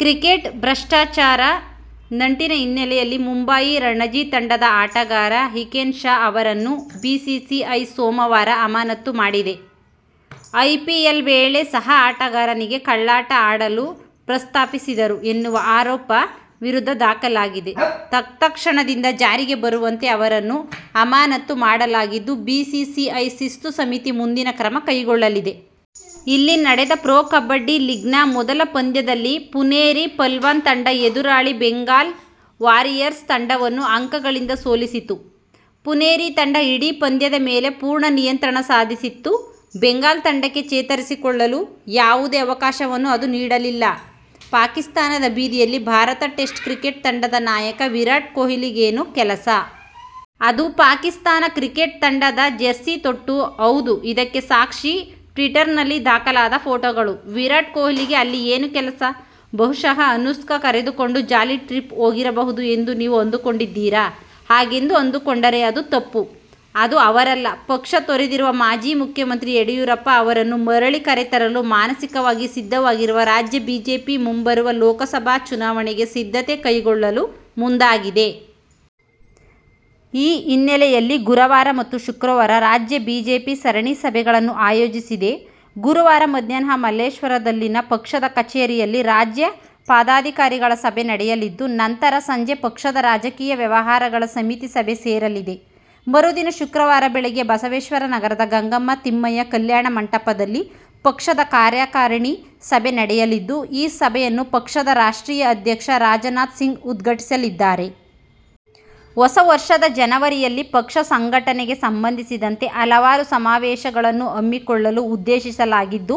Cricket ಭಷ್ಟಾಚಾರ ನಂಟಿನ ಹಿನ್ನೆಲೆಯಲ್ಲಿ ಮುಂಬಯಿ ರಣಜಿ ತಂಡದ ಆಟಗಾರ ಹಿಕೆನ್ ಶಾ ಅವರನ್ನು ಬಿಸಿಸಿಐ ಸೋಮವಾರ ಅಮಾನತು ಮಾಡಿದೆ. ಐಪಿಎಲ್ ವೇಳೆ ಸಹ ಆಟಗಾರನಿಗೆ ಕಳ್ಳಾಟ ಆಡಲು ಪ್ರಸ್ತಾವಿಸಿದ್ದರು ಎನ್ನುವ ಆರೋಪ ಶಾ ವಿರುದ್ಧ ದಾಖಲಾಗಿದೆ. ತತ್ಕ್ಷಣದಿಂದ ಜಾರಿಗೆ ಬರುವಂತೆ ಅವರನ್ನು ಅಮಾನತು ಮಾಡಲಾಗಿದ್ದು ಬಿಸಿಸಿಐ ಶಿಸ್ತು ಸಮಿತಿ ಮುಂದಿನ ಕ್ರಮ ಕೈಗೊಳ್ಳಲಿದೆ. ಇಲ್ಲಿ ನಡೆದ ಪ್ರೊ ಕಬಡ್ಡಿ ಲೀಗ್ನ ಮೊದಲ ಪಂದ್ಯದಲ್ಲಿ ಪುನೇರಿ ಪಲ್ಟಾನ್ ತಂಡ ಎದುರಾಳಿ ಬೆಂಗಾಲ್ ವಾರಿಯರ್ಸ್ ತಂಡವನ್ನು ಅಂಕಗಳಿಂದ ಸೋಲಿಸಿತು. ಪುನೇರಿ ತಂಡ ಇಡೀ ಪಂದ್ಯದ ಮೇಲೆ ಪೂರ್ಣ ನಿಯಂತ್ರಣ ಸಾಧಿಸಿತ್ತು. ಬೆಂಗಾಲ್ ತಂಡಕ್ಕೆ ಚೇತರಿಸಿಕೊಳ್ಳಲು ಯಾವುದೇ ಅವಕಾಶವನ್ನೂ ಅದು ನೀಡಲಿಲ್ಲ. ಪಾಕಿಸ್ತಾನದ ಬೀದಿಯಲ್ಲಿ ಭಾರತ ಟೆಸ್ಟ್ ಕ್ರಿಕೆಟ್ ತಂಡದ ನಾಯಕ ವಿರಾಟ್ ಕೊಹ್ಲಿಗೇನು ಕೆಲಸ? ಅದೂ ಪಾಕಿಸ್ತಾನ ಕ್ರಿಕೆಟ್ ತಂಡದ ಜೆರ್ಸಿ ತೊಟ್ಟು? ಹೌದು, ಇದಕ್ಕೆ ಸಾಕ್ಷಿ ಟ್ವೀಟರ್ನಲ್ಲಿ ದಾಖಲಾದ ಫೋಟೋಗಳು! ವಿರಾಟ್ ಕೊಹ್ಲಿಗೆ ಅಲ್ಲಿ ಏನು ಕೆಲಸ, ಬಹುಶಃ ಅನುಷ್ಕಾ ಕರೆದುಕೊಂಡು ಜಾಲಿ ಟ್ರಿಪ್ ಹೋಗಿರಬಹುದು ಎಂದು ನೀವು ಅಂದುಕೊಂಡಿದ್ದೀರಾ? ಹಾಗೆಂದು ಅಂದುಕೊಂಡರೆ ಅದು ತಪ್ಪು. ಅದು ಅವರಲ್ಲ. ಪಕ್ಷ ತೊರೆದಿರುವ ಮಾಜಿ ಮುಖ್ಯಮಂತ್ರಿ ಯಡಿಯೂರಪ್ಪ ಅವರನ್ನು ಮರಳಿ ಕರೆತರಲು ಮಾನಸಿಕವಾಗಿ ಸಿದ್ಧವಾಗಿರುವ ರಾಜ್ಯ ಬಿಜೆಪಿ ಮುಂಬರುವ ಲೋಕಸಭಾ ಚುನಾವಣೆಗೆ ಸಿದ್ಧತೆ ಕೈಗೊಳ್ಳಲು ಮುಂದಾಗಿದೆ. ಈ ಹಿನ್ನೆಲೆಯಲ್ಲಿ ಗುರುವಾರ ಮತ್ತು ಶುಕ್ರವಾರ ರಾಜ್ಯ ಬಿಜೆಪಿ ಸರಣಿ ಸಭೆಗಳನ್ನು ಆಯೋಜಿಸಿದೆ. ಗುರುವಾರ ಮಧ್ಯಾಹ್ನ ಮಲ್ಲೇಶ್ವರದಲ್ಲಿನ ಪಕ್ಷದ ಕಚೇರಿಯಲ್ಲಿ ರಾಜ್ಯ ಪದಾಧಿಕಾರಿಗಳ ಸಭೆ ನಡೆಯಲಿದ್ದು, ನಂತರ ಸಂಜೆ ಪಕ್ಷದ ರಾಜಕೀಯ ವ್ಯವಹಾರಗಳ ಸಮಿತಿ ಸಭೆ ಸೇರಲಿದೆ. ಮರುದಿನ ಶುಕ್ರವಾರ ಬೆಳಗ್ಗೆ ಬಸವೇಶ್ವರನಗರದ ಗಂಗಮ್ಮ ತಿಮ್ಮಯ್ಯ ಕಲ್ಯಾಣ ಮಂಟಪದಲ್ಲಿ ಪಕ್ಷದ ಕಾರ್ಯಕಾರಿಣಿ ಸಭೆ ನಡೆಯಲಿದ್ದು, ಈ ಸಭೆಯನ್ನು ಪಕ್ಷದ ರಾಷ್ಟ್ರೀಯ ಅಧ್ಯಕ್ಷ ರಾಜನಾಥ್ ಸಿಂಗ್ ಉದ್ಘಾಟಿಸಲಿದ್ದಾರೆ. ಹೊಸ ವರ್ಷದ ಜನವರಿಯಲ್ಲಿ ಪಕ್ಷ ಸಂಘಟನೆಗೆ ಸಂಬಂಧಿಸಿದಂತೆ ಹಲವಾರು ಸಮಾವೇಶಗಳನ್ನು ಹಮ್ಮಿಕೊಳ್ಳಲು ಉದ್ದೇಶಿಸಲಾಗಿದ್ದು,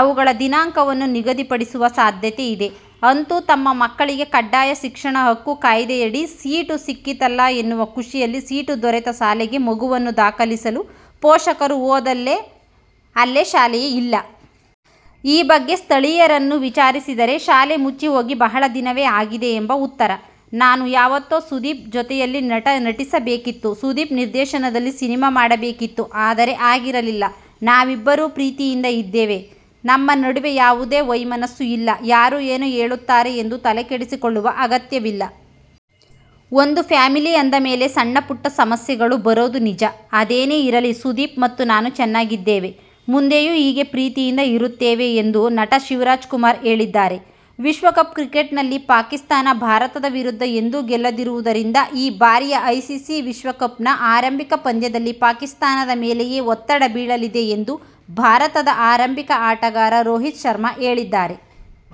ಅವುಗಳ ದಿನಾಂಕವನ್ನೂ ನಿಗದಿಪಡಿಸುವ ಸಾಧ್ಯತೆಯಿದೆ. ಅಂತೂ ತಮ್ಮ ಮಕ್ಕಳಿಗೆ ಕಡ್ಡಾಯ ಶಿಕ್ಷಣ ಹಕ್ಕು ಕಾಯ್ದೆಯಡಿ ಸೀಟು ಸಿಕ್ಕಿತಲ್ಲಾ ಎನ್ನುವ ಖುಷಿಯಲ್ಲಿ ಸೀಟು ದೊರೆತ ಶಾಲೆಗೆ ಮಗುವನ್ನು ದಾಖಲಿಸಲು ಪೋಷಕರು ಹೋದರೆ ಅಲ್ಲಿ ಶಾಲೆಯೇ ಇಲ್ಲ! ಈ ಬಗ್ಗೆ ಸ್ಥಳೀಯರನ್ನು ವಿಚಾರಿಸಿದರೆ, ಶಾಲೆ ಮುಚ್ಚಿಹೋಗಿ ಬಹಳ ದಿನವೇ ಆಗಿದೆ ಎಂಬ ಉತ್ತರ! ನಾನು ಯಾವತ್ತೋ ಸುದೀಪ್ ಜತೆಯಲ್ಲಿ ನಟಿಸಬೇಕಿತ್ತು. ಸುದೀಪ್ ನಿರ್ದೇಶನದಲ್ಲೇ ಸಿನಿಮಾ ಮಾಡಬೇಕಿತ್ತು. ಆದರೆ, ಆಗಿರಲಿಲ್ಲ. ನಾವಿಬ್ಬರೂ ಪ್ರೀತಿಯಿಂದ ಇದ್ದೇವೆ. ನಮ್ಮ ನಡುವೆ ಯಾವುದೇ ವೈಮನಸ್ಸು ಇಲ್ಲ. ಯಾರೋ ಏನೋ ಹೇಳುತ್ತಾರೆ ಎಂದು ತಲೆಕೆಡಿಸಿಕೊಳ್ಳುವ ಅಗತ್ಯವಿಲ್ಲ. ಒಂದು ಫ್ಯಾಮಿಲಿ ಅಂದಮೇಲೆ, ಸಣ್ಣಪುಟ್ಟ ಸಮಸ್ಯೆಗಳು ಬರೋದು ನಿಜ. ಅದೇನೆ ಇರಲಿ, ಸುದೀಪ್ ಮತ್ತು ನಾನು ಚೆನ್ನಾಗಿದ್ದೇವೆ. ಮುಂದೆಯೂ ಹೀಗೇ ಪ್ರೀತಿಯಿಂದ ಇರುತ್ತೇವೆ ಎಂದು ನಟ ಶಿವರಾಜಕುಮಾರ್ ಹೇಳಿದ್ದಾರೆ. ವಿಶ್ವಕಪ್ ಕ್ರಿಕೆಟ್ನಲ್ಲಿ ಪಾಕಿಸ್ಥಾನ ಭಾರತದ ವಿರುದ್ಧ ಎಂದೂ ಗೆಲ್ಲದಿರುವುದರಿಂದ ಈ ಬಾರಿಯ ಐಸಿಸಿ ವಿಶ್ವಕಪ್ನ ಆರಂಭಿಕ ಪಂದ್ಯದಲ್ಲಿ ಪಾಕಿಸ್ಥಾನದ ಮೇಲೆಯೇ ಒತ್ತಡ ಬೀಳಲಿದೆ ಎಂದು ಭಾರತದ ಆರಂಭಿಕ ಆಟಗಾರ ರೋಹಿತ್ ಶರ್ಮಾ ಹೇಳಿದ್ದಾರೆ.